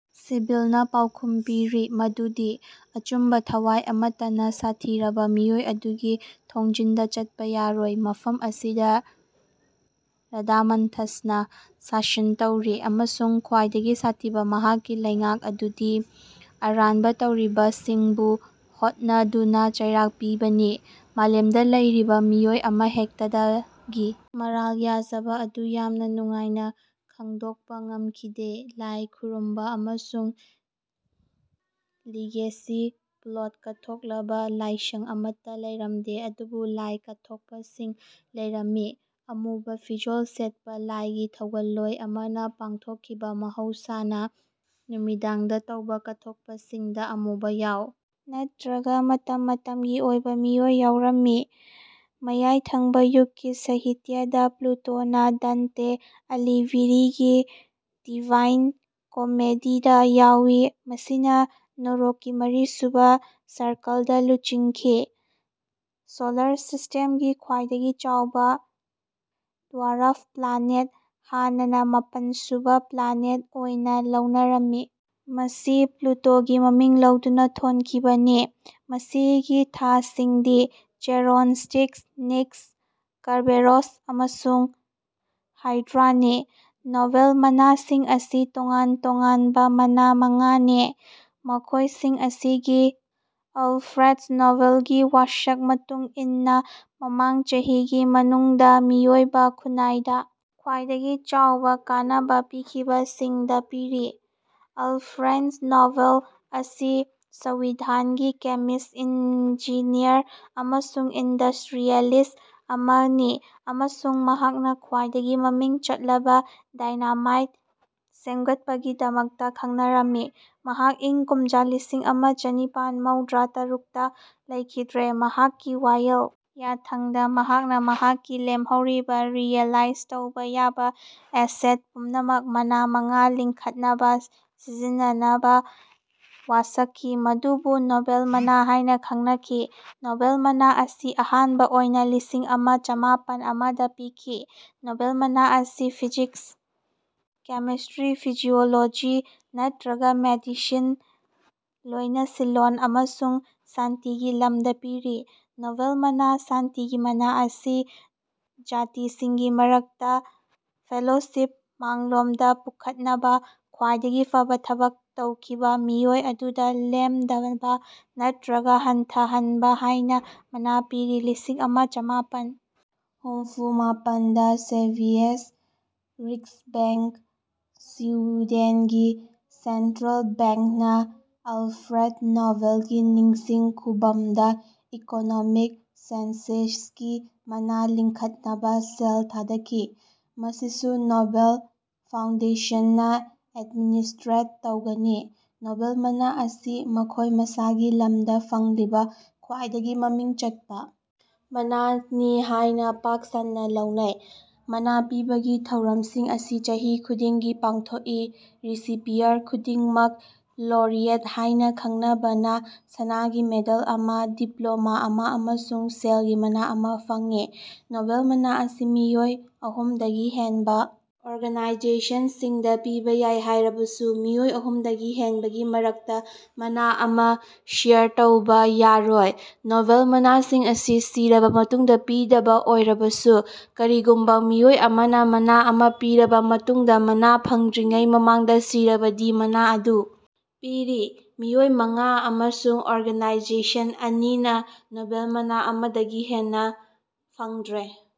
ꯁꯤꯕꯤꯜꯅ ꯄꯥꯎꯈꯨꯝ ꯄꯤꯔꯤ ꯃꯗꯨꯗꯤ ꯑꯆꯨꯝꯕ ꯊꯋꯥꯏ ꯑꯃꯠꯇꯅ ꯁꯥꯊꯤꯔꯕ ꯃꯤꯑꯣꯏ ꯑꯗꯨꯒꯤ ꯊꯣꯡꯖꯤꯟꯗ ꯆꯠꯄ ꯌꯥꯔꯣꯏ ꯃꯐꯝ ꯑꯁꯤꯗ ꯔꯥꯗꯥꯃꯟꯊꯁꯅ ꯁꯥꯁꯟ ꯇꯧꯔꯤ ꯑꯃꯁꯨꯡ ꯈ꯭ꯋꯥꯏꯗꯒꯤ ꯁꯥꯊꯤꯕ ꯃꯍꯥꯛꯀꯤ ꯂꯩꯉꯥꯛ ꯑꯗꯨꯗꯤ ꯑꯔꯥꯟꯕ ꯇꯧꯔꯤꯕꯁꯤꯡꯕꯨ ꯍꯣꯠꯅꯗꯨꯅ ꯆꯩꯔꯥꯛ ꯄꯤꯕꯅꯤ ꯃꯥꯂꯦꯝꯗ ꯂꯩꯔꯤꯕ ꯃꯤꯑꯣꯏ ꯑꯃꯍꯦꯛꯇꯗꯒꯤ ꯃꯔꯥꯜ ꯌꯥꯖꯕ ꯑꯗꯨ ꯌꯥꯝꯅ ꯅꯨꯡꯉꯥꯏꯅ ꯈꯪꯗꯣꯛꯄ ꯉꯝꯈꯤꯗꯦ ꯂꯥꯏ ꯈꯨꯔꯨꯝꯕ ꯑꯃꯁꯨꯡ ꯂꯤꯒꯦꯁꯤ ꯄ꯭ꯂꯨꯇꯣꯗ ꯀꯠꯊꯣꯛꯂꯕ ꯂꯥꯏꯁꯪ ꯑꯃꯠꯇ ꯂꯩꯔꯝꯗꯦ ꯑꯗꯨꯕꯨ ꯂꯥꯏ ꯀꯠꯊꯣꯛꯄꯁꯤꯡ ꯂꯩꯔꯝꯃꯤ꯫ ꯑꯃꯨꯕ ꯐꯤꯖꯣꯜ ꯁꯦꯠꯄ ꯂꯥꯏꯒꯤ ꯊꯧꯒꯜꯂꯣꯏ ꯑꯃꯅ ꯄꯥꯡꯊꯣꯛꯈꯤꯕ ꯃꯍꯧꯁꯥꯅ ꯅꯨꯃꯤꯗꯥꯡꯗ ꯇꯧꯕ ꯀꯠꯊꯣꯛꯄꯁꯤꯡꯗ ꯑꯃꯨꯕ ꯌꯥꯎ ꯅꯠꯇ꯭ꯔꯒ ꯃꯇꯝ ꯃꯇꯝꯒꯤ ꯑꯣꯏꯕ ꯃꯤꯑꯣꯏ ꯌꯥꯎꯔꯝꯃꯤ꯫ ꯃꯌꯥꯏ ꯊꯪꯕ ꯌꯨꯒꯀꯤ ꯁꯥꯍꯤꯇ꯭ꯌꯗ ꯄ꯭ꯂꯨꯇꯣꯅ ꯗꯥꯟꯇꯦ ꯑꯂꯤꯘꯤꯔꯤꯒꯤ ꯗꯤꯚꯥꯏꯟ ꯀꯣꯃꯦꯗꯤꯗ ꯌꯥꯎꯏ ꯃꯁꯤꯅ ꯅꯣꯔꯣꯛꯀꯤ ꯃꯔꯤꯁꯨꯕ ꯁꯔꯀꯜꯗ ꯂꯨꯆꯤꯡꯈꯤ꯫ ꯁꯣꯂꯔ ꯁꯤꯁ꯭ꯇꯦꯝꯒꯤ ꯈ꯭ꯋꯥꯏꯗꯒꯤ ꯆꯥꯎꯕ ꯗ꯭ꯋꯥꯔꯐ ꯄ꯭ꯂꯥꯅꯦꯠ ꯍꯥꯟꯅꯅ ꯃꯥꯄꯟ ꯁꯨꯕ ꯄ꯭ꯂꯥꯅꯦꯠ ꯑꯣꯏꯅ ꯂꯧꯅꯔꯝꯃꯤ ꯃꯁꯤ ꯄ꯭ꯂꯨꯇꯣꯒꯤ ꯃꯃꯤꯡ ꯂꯧꯗꯨꯅ ꯊꯣꯟꯈꯤꯕꯅꯤ ꯃꯁꯤꯒꯤ ꯊꯥꯁꯤꯡꯗꯤ ꯆꯦꯔꯣꯟ ꯁ꯭ꯇꯤꯛꯁ ꯅꯤꯛꯁ ꯀꯔꯕꯦꯔꯣꯁ ꯑꯃꯁꯨꯡ ꯍꯥꯏꯗ꯭ꯔꯥꯅꯤ꯫ ꯅꯣꯕꯦꯜ ꯃꯅꯥꯁꯤꯡ ꯑꯁꯤ ꯇꯣꯉꯥꯟ ꯇꯣꯉꯥꯅꯕꯥ ꯃꯅꯥ ꯃꯉꯥꯅꯤ, ꯃꯈꯣꯌꯁꯤꯡ ꯑꯁꯤ ꯒꯤ ꯑꯜꯐ꯭ꯔꯦꯗ ꯅꯣꯕꯦꯜꯒꯤ ꯋꯥꯁꯛ ꯃꯇꯨꯡ ꯏꯟꯅꯥ ꯃꯃꯥꯡ ꯆꯍꯤꯒꯤ ꯃꯅꯨꯡꯗꯥ ꯃꯤꯑꯣꯏꯕꯥ ꯈꯨꯅꯥꯏꯗ ꯈ꯭ꯋꯥꯏꯗꯒꯤ ꯆꯥꯎꯕꯥ ꯀꯥꯟꯅꯕꯥ ꯄꯤꯈꯤꯕꯁꯤꯡꯗꯥ ꯄꯤꯔꯤ꯫ ꯑꯜꯐ꯭ꯔꯦꯗ ꯅꯣꯕꯦꯜ ꯑꯁꯤ ꯁ꯭ꯋꯤꯗꯟꯒꯤ ꯀꯦꯃꯤꯁ꯭ꯠ ꯏꯟꯖꯤꯅꯤꯌꯔ ꯑꯃꯁꯨꯡ ꯏꯟꯗꯁ꯭ꯠꯔꯤꯌꯦꯂꯤꯁ꯭ꯠ ꯑꯃꯅꯤ ꯑꯃꯁꯨꯡ ꯃꯍꯥꯛꯅꯥ ꯈ꯭ꯋꯥꯏꯗꯒꯤ ꯃꯃꯤꯡ ꯆꯠꯂꯕꯥ ꯗꯥꯏꯅꯥꯃꯥꯏꯠ ꯁꯦꯃꯒꯠꯄꯒꯤꯗꯃꯛ ꯈꯪꯅꯔꯝꯃꯤ꯫ ꯃꯍꯥꯛ ꯏꯪ ꯀꯨꯝꯖ ꯂꯤꯁꯤꯡ ꯑꯃ ꯆꯅꯤꯄꯥꯟ ꯃꯧꯗ꯭ꯔꯥ ꯇꯔꯨꯛꯇ ꯂꯩꯈꯤꯗ꯭ꯔꯦ꯫ ꯃꯍꯥꯛꯀꯤ ꯋꯥꯌꯦꯜ ꯌꯥꯊꯪꯗꯥ ꯃꯍꯥꯛꯅꯥ ꯃꯍꯥꯛꯀꯤ ꯂꯦꯝꯍꯧꯔꯤꯕꯥ ꯔꯤꯑꯦꯂꯥꯏꯖ ꯇꯧꯕꯥ ꯌꯥꯕꯥ ꯑꯦꯁꯦꯠ ꯄꯨꯝꯅꯃꯛ ꯃꯅꯥ ꯃꯉꯥ ꯂꯤꯡꯈꯠꯅꯕꯥ ꯁꯤꯖꯤꯟꯅꯅꯕꯥ ꯋꯥꯁꯛꯈꯤ ꯃꯗꯨꯕꯨ ꯅꯣꯕꯦꯜ ꯃꯅꯥ ꯍꯥꯏꯅꯥ ꯈꯪꯅꯈꯤ꯫ ꯅꯣꯕꯦꯜ ꯃꯅꯥ ꯑꯁꯤ ꯑꯍꯥꯟꯕꯥ ꯑꯣꯏꯅꯥ ꯂꯤꯁꯤꯡ ꯑꯃ ꯆꯃꯥꯄꯟ ꯑꯃꯗ ꯄꯤꯈꯤ꯫ ꯅꯣꯕꯦꯜ ꯃꯅꯥ ꯑꯁꯤ ꯐꯤꯖꯤꯛꯁ ꯀꯦꯃꯤꯁ꯭ꯠꯇ꯭ꯔꯤ ꯐꯤꯖꯤꯑꯣꯂꯣꯖꯤ ꯅꯠꯔꯒꯥ ꯃꯦꯗꯤꯁꯤꯟ ꯂꯣꯏꯅꯁꯤꯜꯂꯣꯟ ꯑꯃꯁꯨꯡ ꯁꯥꯟꯇꯤꯒꯤ ꯂꯝꯗꯥ ꯄꯤꯔꯤ꯫ ꯅꯣꯕꯦꯜꯅꯥ ꯁꯥꯟꯇꯤꯒꯤ ꯃꯅꯥ ꯑꯁꯤ ꯖꯥꯇꯤꯁꯤꯡꯒꯤ ꯃꯔꯛꯇꯥ ꯐꯦꯂꯣꯁꯤꯞ ꯃꯥꯡꯂꯣꯝꯗꯥ ꯄꯨꯈꯠꯅꯕꯥ ꯈ꯭ꯋꯥꯏꯗꯒꯤ ꯐꯕꯥ ꯊꯕꯛ ꯇꯧꯈꯤꯕꯥ ꯃꯤꯑꯣꯏ ꯑꯗꯨꯗꯥ ꯂꯦꯡꯗꯕꯥ ꯅꯠꯇ꯭ꯔꯒꯥ ꯍꯟꯊꯍꯟꯕꯥ ꯍꯥꯏꯅꯥ ꯃꯅꯥ ꯄꯤꯔꯤ꯫ ꯂꯤꯁꯤꯡ ꯑꯃ ꯆꯃꯥꯄꯟ ꯍꯨꯝꯐꯨ ꯅꯤꯄꯥꯟꯗ ꯁ꯭ꯕꯦꯔꯤꯖꯦꯁ ꯔꯤꯛꯁꯕꯦꯉ꯭ꯛ ꯁ꯭ꯋꯤꯗꯦꯟꯒꯤ ꯁꯦꯟꯇ꯭ꯔꯦꯜ ꯕꯦꯡꯛ ꯅꯥ ꯑꯜꯐ꯭ꯔꯦꯗ ꯅꯣꯕꯦꯜꯒꯤ ꯅꯤꯡꯁꯤꯡ ꯈꯨꯚꯝꯗꯥ ꯏꯀꯣꯅꯣꯃꯤꯛ ꯁꯥꯏꯟꯁꯦꯁꯀꯤ ꯃꯅꯥ ꯂꯤꯡꯈꯠꯅꯕꯥ ꯁꯦꯜ ꯊꯥꯗꯈꯤ ꯃꯁꯤꯁꯨ ꯅꯣꯕꯦꯜ ꯐꯥꯎꯟꯗꯦꯁꯟꯅꯥ ꯑꯦꯗꯃꯤꯅꯤꯁ꯭ꯠꯇ꯭ꯔꯦꯠ ꯇꯧꯒꯅꯤ꯫ ꯅꯣꯕꯦꯜ ꯃꯅꯥ ꯑꯁꯤ ꯃꯈꯣꯏ ꯃꯁꯥꯒꯤ ꯂꯝꯗꯥ ꯐꯪꯂꯤꯕꯥ ꯈ꯭ꯋꯥꯏꯗꯒꯤ ꯃꯃꯤꯡ ꯆꯠꯄꯥ ꯃꯅꯥꯅꯤ ꯍꯥꯏꯅꯥ ꯄꯥꯛ ꯁꯟꯅꯥ ꯂꯧꯅꯩ꯫ ꯃꯅꯥ ꯄꯤꯕꯒꯤ ꯊꯧꯔꯝꯁꯤꯡ ꯑꯁꯤ ꯆꯍꯤ ꯈꯨꯗꯤꯡꯒꯤ ꯄꯥꯡꯊꯣꯛꯏ꯫ ꯔꯤꯁꯤꯄꯤꯌꯔ ꯈꯨꯗꯤꯡꯃꯛ ꯂꯣꯔꯤꯑꯦꯠ ꯍꯥꯏꯅꯥ ꯈꯪꯅꯕꯥꯅꯥ ꯁꯅꯥꯒꯤ ꯃꯦꯗꯜ ꯑꯃꯥ ꯗꯤꯄ꯭ꯂꯣꯃꯥ ꯑꯃꯥ ꯑꯃꯁꯨꯡ ꯁꯦꯜꯒꯤ ꯃꯅꯥ ꯑꯃꯥ ꯐꯪꯏ꯫ ꯅꯣꯕꯦꯜ ꯃꯅꯥ ꯑꯁꯤ ꯃꯤꯑꯣꯏ ꯑꯍꯨꯝꯗꯒꯤ ꯍꯦꯟꯕꯥ ꯑꯣꯔꯒꯅꯥꯏꯖꯦꯁꯟꯁꯤꯡꯗꯥ ꯄꯤꯕꯥ ꯌꯥꯏ ꯍꯥꯏꯔꯕꯁꯨ ꯃꯤꯑꯣꯏ ꯑꯍꯨꯝꯗꯒꯤ ꯍꯦꯟꯕꯒꯤ ꯃꯔꯛꯇꯥ ꯃꯅꯥ ꯑꯃꯥ ꯁꯦꯌꯔ ꯇꯧꯕꯥ ꯌꯥꯔꯣꯏ꯫ ꯅꯣꯕꯦꯜ ꯃꯅꯥꯁꯤꯡ ꯑꯁꯤ ꯁꯤꯔꯕꯥ ꯃꯇꯨꯡꯗꯥ ꯄꯤꯗꯕꯥ ꯑꯣꯏꯔꯕꯁꯨ ꯀꯔꯤꯒꯨꯝꯕꯥ ꯃꯤꯑꯣꯏ ꯑꯃꯅꯥ ꯃꯅꯥ ꯑꯃꯥ ꯄꯤꯔꯕꯥ ꯃꯇꯨꯡꯗꯥ ꯃꯅꯥ ꯐꯪꯗ꯭ꯔꯤꯉꯩ ꯃꯃꯥꯡꯗꯥ ꯁꯤꯔꯕꯗꯤ ꯃꯅꯥ ꯑꯗꯨ ꯄꯤꯔꯤ꯫ ꯃꯤꯑꯣꯏ ꯃꯉꯥ ꯑꯃꯁꯨꯡ ꯑꯣꯔꯒꯅꯥꯏꯖꯦꯁꯟ ꯑꯅꯤꯅꯥ ꯅꯣꯕꯦꯜ ꯃꯅꯥ ꯑꯃꯗꯒꯤ ꯍꯦꯟꯅꯥ ꯐꯪꯈ꯭ꯔꯦ꯫